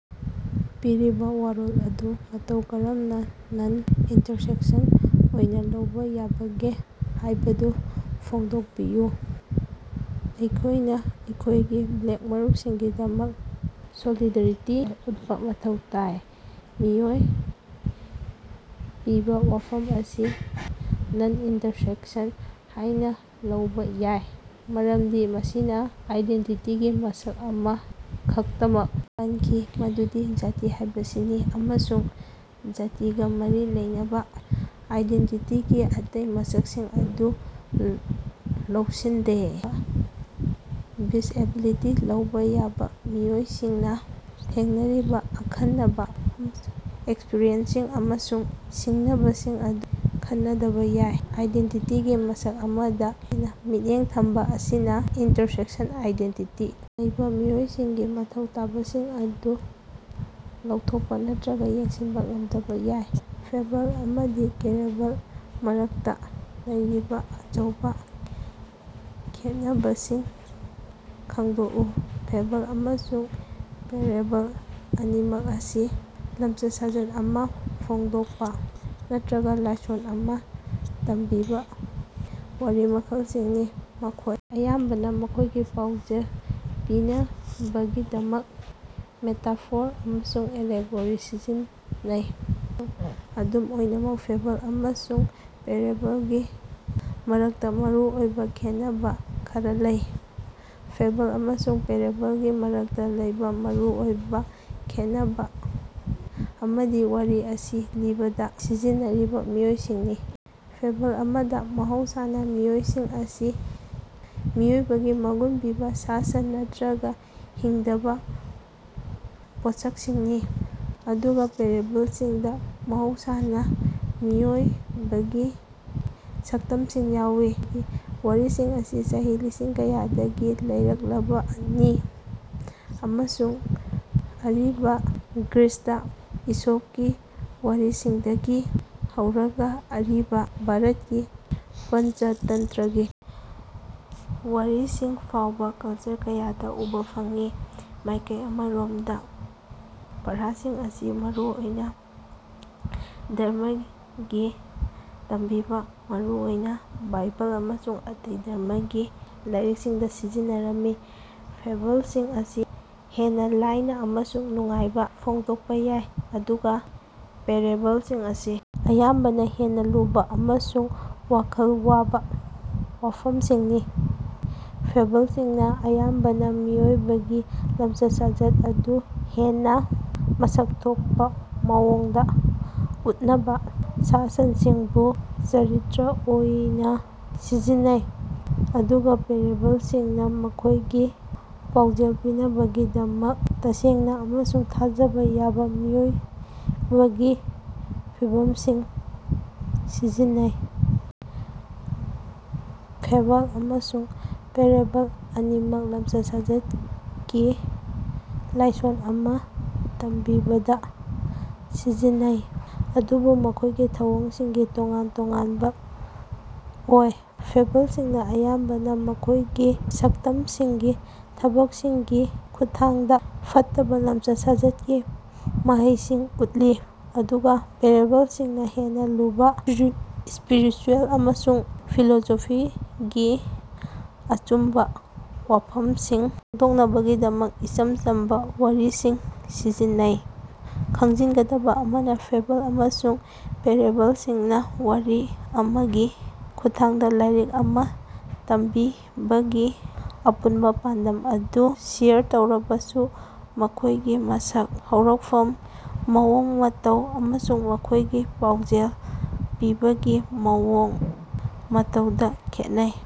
ꯄꯤꯔꯤꯕꯥ ꯋꯥꯔꯣꯜ ꯑꯗꯨ ꯃꯇꯧ ꯀꯔꯝꯅꯥ ꯅꯟ-ꯏꯟꯇꯔꯁꯦꯛꯁꯟ ꯑꯣꯏꯅꯥ ꯂꯧꯕꯥ ꯌꯥꯕꯒꯦ ꯍꯥꯏꯕꯗꯨ ꯐꯣꯡꯗꯣꯛꯄꯤꯌꯨ꯫ ꯑꯩꯈꯣꯏꯅꯥ ꯑꯩꯈꯣꯏꯒꯤ ꯕ꯭ꯂꯦꯛ ꯃꯔꯨꯞꯁꯤꯡꯒꯤꯗꯃꯛ ꯁꯣꯂꯤꯗꯥꯔꯤꯇꯤ ꯎꯠꯄꯥ ꯃꯊꯧ ꯇꯥꯏ꯫ ꯃꯤꯑꯣꯏ ꯄꯤꯕꯥ ꯋꯥꯐꯝ ꯑꯁꯤ ꯅꯟ-ꯏꯟꯇꯔꯁꯦꯛꯁꯟ ꯍꯥꯏꯅꯥ ꯂꯧꯕꯥ ꯌꯥꯏ ꯃꯔꯝꯗꯤ ꯃꯁꯤꯅꯥ ꯑꯥꯏꯗꯦꯟꯇꯤꯇꯤꯒꯤ ꯃꯁꯛ ꯑꯃꯥ ꯈꯛꯇꯃꯛ ꯄꯟꯈꯤ, ꯃꯗꯨꯗꯤ ꯖꯥꯇꯤ ꯍꯥꯏꯕꯁꯤꯅꯤ ꯑꯃꯁꯨꯡ ꯖꯥꯇꯤꯒꯥ ꯃꯔꯤ ꯂꯩꯅꯕꯥ ꯑꯥꯏꯗꯦꯟꯇꯤꯇꯤꯒꯤ ꯑꯇꯩ ꯃꯁꯛꯁꯤꯡ ꯑꯗꯨ ꯂꯧꯁꯤꯟꯗꯦ꯫ ꯗꯤꯁꯑꯦꯕꯤꯂꯤꯇꯤ ꯂꯩꯕꯥ ꯌꯥꯕꯥ ꯃꯤꯑꯣꯏꯁꯤꯡꯅꯥ ꯊꯦꯡꯅꯔꯤꯕꯥ ꯑꯈꯟꯅꯕꯥ ꯑꯦꯛꯁꯄ꯭ꯔꯤꯌꯦꯟꯁꯁꯤꯡ ꯑꯃꯁꯨꯡ ꯁꯤꯡꯅꯕꯁꯤꯡ ꯑꯗꯨ ꯈꯟꯅꯗꯕꯥ ꯌꯥꯏ꯫ ꯑꯥꯏꯗꯦꯟꯇꯤꯇꯤꯒꯤ ꯃꯁꯛ ꯑꯃꯗꯥ ꯃꯤꯠꯌꯦꯡ ꯊꯝꯕꯥ ꯑꯁꯤꯅꯥ ꯏꯟꯇꯔꯁꯦꯛꯁꯟ ꯑꯥꯏꯗꯦꯟꯇꯤꯇꯤ ꯂꯩꯕꯥ ꯃꯤꯑꯣꯏꯁꯤꯡꯒꯤ ꯃꯊꯧ ꯇꯥꯕꯁꯤꯡ ꯑꯗꯨ ꯂꯧꯊꯣꯛꯄꯥ ꯅꯠꯇ꯭ꯔꯒꯥ ꯌꯦꯡꯁꯤꯟꯕꯥ ꯉꯝꯗꯕꯥ ꯌꯥꯏ꯫ ꯐꯦꯕꯜ ꯑꯃꯗꯤ ꯄꯦꯔꯦꯕꯜ ꯃꯔꯛꯇꯥ ꯂꯩꯔꯤꯕꯥ ꯑꯆꯧꯕꯥ ꯈꯦꯠꯅꯕꯁꯤꯡ ꯈꯪꯗꯣꯛꯎ꯫ ꯐꯦꯕꯜ ꯑꯃꯁꯨꯡ ꯄꯦꯔꯦꯕꯜ ꯑꯅꯤꯃꯛ ꯑꯁꯤ ꯂꯝꯆꯠ-ꯁꯥꯖꯠ ꯑꯃꯥ ꯐꯣꯡꯗꯣꯛꯄꯥ ꯅꯠꯇ꯭ꯔꯒꯥ ꯂꯥꯏꯁꯣꯟ ꯑꯃꯥ ꯇꯝꯕꯤꯕꯥ ꯋꯥꯔꯤ ꯃꯈꯜꯁꯤꯡꯅꯤ꯫ ꯃꯈꯣꯏ ꯑꯌꯥꯝꯕꯅꯥ ꯃꯈꯣꯏꯒꯤ ꯄꯥꯎꯖꯦꯜ ꯄꯤꯅꯕꯒꯤꯗꯃꯛ ꯃꯦꯇꯥꯐꯣꯔ ꯑꯃꯁꯨꯡ ꯑꯦꯂꯦꯒꯣꯔꯤ ꯁꯤꯖꯤꯟꯅꯩ꯫ ꯑꯗꯨꯝ ꯑꯣꯏꯅꯃꯛ, ꯐꯦꯕꯜ ꯑꯃꯁꯨꯡ ꯄꯦꯔꯦꯕꯜꯒꯤ ꯃꯔꯛꯇꯥ ꯃꯔꯨ ꯑꯣꯏꯕꯥ ꯈꯦꯟꯅꯕꯥ ꯈꯔꯥ ꯂꯩ: ꯐꯦꯕꯜ ꯑꯃꯁꯨꯡ ꯄꯦꯔꯦꯕꯜꯒꯤ ꯃꯔꯛꯇꯥ ꯂꯩꯕꯥ ꯃꯔꯨ ꯑꯣꯏꯕꯥ ꯈꯦꯠꯅꯕꯥ ꯑꯃꯗꯤ ꯋꯥꯔꯤ ꯑꯁꯤ ꯂꯤꯕꯗꯥ ꯁꯤꯖꯤꯟꯅꯔꯤꯕꯥ ꯃꯤꯑꯣꯏꯁꯤꯡꯅꯤ꯫ ꯐꯦꯕꯜ ꯑꯃꯗꯥ, ꯃꯍꯧꯁꯥꯅꯥ ꯃꯤꯑꯣꯏꯁꯤꯡ ꯑꯁꯤ ꯃꯤꯑꯣꯏꯕꯒꯤ ꯃꯒꯨꯟ ꯄꯤꯕꯥ ꯁꯥ-ꯁꯟ ꯅꯠꯇ꯭ꯔꯒꯥ ꯍꯤꯡꯗꯕꯥ ꯄꯣꯠꯁꯛꯁꯤꯡꯅꯤ, ꯑꯗꯨꯒꯥ ꯄꯦꯔꯦꯕꯜꯁꯤꯡꯗꯥ ꯃꯍꯧꯁꯥꯅꯥ ꯃꯤꯑꯣꯏꯕꯒꯤ ꯁꯛꯇꯝꯁꯤꯡ ꯌꯥꯎꯏ꯫ ꯋꯥꯔꯤꯁꯤꯡ ꯑꯁꯤ ꯆꯍꯤ ꯂꯤꯁꯤꯡ ꯀꯌꯥꯗꯒꯤ ꯂꯩꯔꯛꯂꯕꯅꯤ ꯑꯃꯁꯨꯡ ꯑꯔꯤꯕꯥ ꯒ꯭ꯔꯤꯁꯇꯥ ꯏꯁꯣꯞꯀꯤ ꯋꯥꯔꯤꯁꯤꯡꯗꯒꯤ ꯍꯧꯔꯒꯥ ꯑꯔꯤꯕꯥ ꯚꯥꯔꯠꯀꯤ ꯄꯟꯆꯇꯟꯇ꯭ꯔꯒꯤ ꯋꯥꯔꯤꯁꯤꯡ ꯐꯥꯎꯕꯥ ꯀꯜꯆꯔ ꯀꯌꯥꯗꯥ ꯎꯕꯥ ꯐꯪꯏ꯫ ꯃꯥꯏꯀꯩ ꯑꯃꯔꯣꯝꯗꯥ ꯄꯥꯔꯥꯁꯤꯡ ꯑꯁꯤ ꯃꯔꯨ ꯑꯣꯏꯅꯥ ꯙꯔꯃꯒꯤ ꯇꯝꯕꯤꯕꯥ, ꯃꯔꯨ ꯑꯣꯏꯅꯥ ꯕꯥꯏꯕꯜ ꯑꯃꯁꯨꯡ ꯑꯇꯩ ꯙꯔꯃꯒꯤ ꯂꯥꯏꯔꯤꯛꯁꯤꯡꯗꯥ ꯁꯤꯖꯤꯟꯅꯔꯝꯃꯤ꯫ ꯐꯦꯕꯜꯁꯤꯡ ꯑꯁꯤ ꯍꯦꯟꯅꯥ ꯂꯥꯏꯅꯥ ꯑꯃꯁꯨꯡ ꯅꯨꯡꯉꯥꯏꯕꯥ ꯐꯣꯡꯗꯣꯛꯄꯥ ꯌꯥꯏ, ꯑꯗꯨꯒꯥ ꯄꯦꯔꯦꯕꯜꯁꯤꯡ ꯑꯁꯤ ꯑꯌꯥꯝꯕꯅꯥ ꯍꯦꯟꯅꯥ ꯂꯨꯕꯥ ꯑꯃꯁꯨꯡ ꯋꯥꯈꯜ ꯋꯥꯕꯥ ꯋꯥꯐꯝꯁꯤꯡꯅꯤ꯫ ꯐꯦꯕꯜꯁꯤꯡꯅꯥ ꯑꯌꯥꯝꯕꯅꯥ ꯃꯤꯑꯣꯏꯕꯒꯤ ꯂꯝꯆꯠ-ꯁꯥꯖꯠ ꯑꯗꯨ ꯍꯦꯟꯅꯥ ꯃꯁꯛ ꯊꯣꯛꯄꯥ ꯃꯑꯣꯡꯗꯥ ꯎꯠꯅꯕꯥ ꯁꯥ-ꯁꯟꯁꯤꯡꯕꯨ ꯆꯔꯤꯇ꯭ꯔ ꯑꯣꯏꯅꯥ ꯁꯤꯖꯤꯟꯅꯩ, ꯑꯗꯨꯒꯥ ꯄꯦꯔꯦꯕꯜꯁꯤꯡꯅꯥ ꯃꯈꯣꯏꯒꯤ ꯄꯥꯎꯖꯦꯜ ꯄꯤꯅꯕꯒꯤꯗꯃꯛ ꯇꯁꯦꯡꯅꯥ ꯑꯃꯁꯨꯡ ꯊꯥꯖꯕꯥ ꯌꯥꯕꯥ ꯃꯤꯑꯣꯏꯕꯒꯤ ꯐꯤꯚꯝꯁꯤꯡ ꯁꯤꯖꯤꯟꯅꯩ꯫ ꯐꯦꯕꯜ ꯑꯃꯁꯨꯡ ꯄꯦꯔꯦꯕꯜ ꯑꯅꯤꯃꯛ ꯂꯃꯆꯠ-ꯁꯥꯖꯠꯀꯤ ꯂꯥꯏꯁꯣꯟ ꯑꯃꯥ ꯇꯝꯕꯤꯕꯗꯥ ꯁꯤꯖꯤꯟꯅꯩ, ꯑꯗꯨꯕꯨ ꯃꯈꯣꯏꯒꯤ ꯊꯧꯑꯣꯡꯁꯤꯡꯗꯤ ꯇꯣꯉꯥꯟ-ꯇꯣꯉꯥꯟꯕꯥ ꯑꯣꯏ꯫ ꯐꯦꯕꯜꯁꯤꯡꯅꯥ ꯑꯌꯥꯝꯕꯅꯥ ꯃꯈꯣꯏꯒꯤ ꯁꯛꯇꯝꯁꯤꯡꯒꯤ ꯊꯕꯛꯁꯤꯡꯒꯤ ꯈꯨꯠꯊꯥꯡꯗꯥ ꯐꯠꯇꯕꯥ ꯂꯝꯆꯠ-ꯁꯥꯖꯠꯀꯤ ꯃꯍꯩꯁꯤꯡ ꯎꯠꯂꯤ, ꯑꯗꯨꯒꯥ ꯄꯦꯔꯦꯕꯜꯁꯤꯡꯅꯥ ꯍꯦꯟꯅꯥ ꯂꯨꯔꯕꯥ ꯁ꯭ꯄꯤꯔꯤꯆꯨꯌꯦꯜ ꯑꯃꯁꯨꯡ ꯐꯤꯂꯣꯁꯣꯐꯤꯒꯤ ꯑꯆꯨꯝꯕꯥ ꯋꯥꯐꯝꯁꯤꯡ ꯐꯣꯡꯗꯣꯛꯅꯕꯒꯤꯗꯃꯛ ꯏꯆꯝ ꯆꯝꯕꯥ ꯋꯥꯔꯤꯁꯤꯡ ꯁꯤꯖꯤꯟꯅꯩ꯫ ꯈꯪꯖꯤꯟꯒꯗꯕꯥ ꯑꯃꯅꯥ, ꯐꯦꯕꯜ ꯑꯃꯁꯨꯡ ꯄꯦꯔꯦꯕꯜꯁꯤꯡꯅꯥ ꯋꯥꯔꯤ ꯑꯃꯒꯤ ꯈꯨꯠꯊꯥꯡꯗꯥ ꯂꯥꯏꯔꯤꯛ ꯑꯃꯥ ꯇꯝꯕꯤꯕꯒꯤ ꯑꯄꯨꯟꯕꯥ ꯄꯥꯟꯗꯝ ꯑꯗꯨ ꯁꯦꯌꯔ ꯇꯧꯔꯕꯁꯨ, ꯃꯈꯣꯏꯒꯤ ꯃꯁꯛ, ꯍꯧꯔꯛꯐꯝ, ꯃꯑꯣꯡ ꯃꯇꯧ ꯑꯃꯁꯨꯡ ꯃꯈꯣꯏꯒꯤ ꯄꯥꯎꯖꯦꯜ ꯄꯤꯕꯒꯤ ꯃꯑꯣꯡ ꯃꯇꯧꯗꯥ ꯈꯦꯠꯅꯩ꯫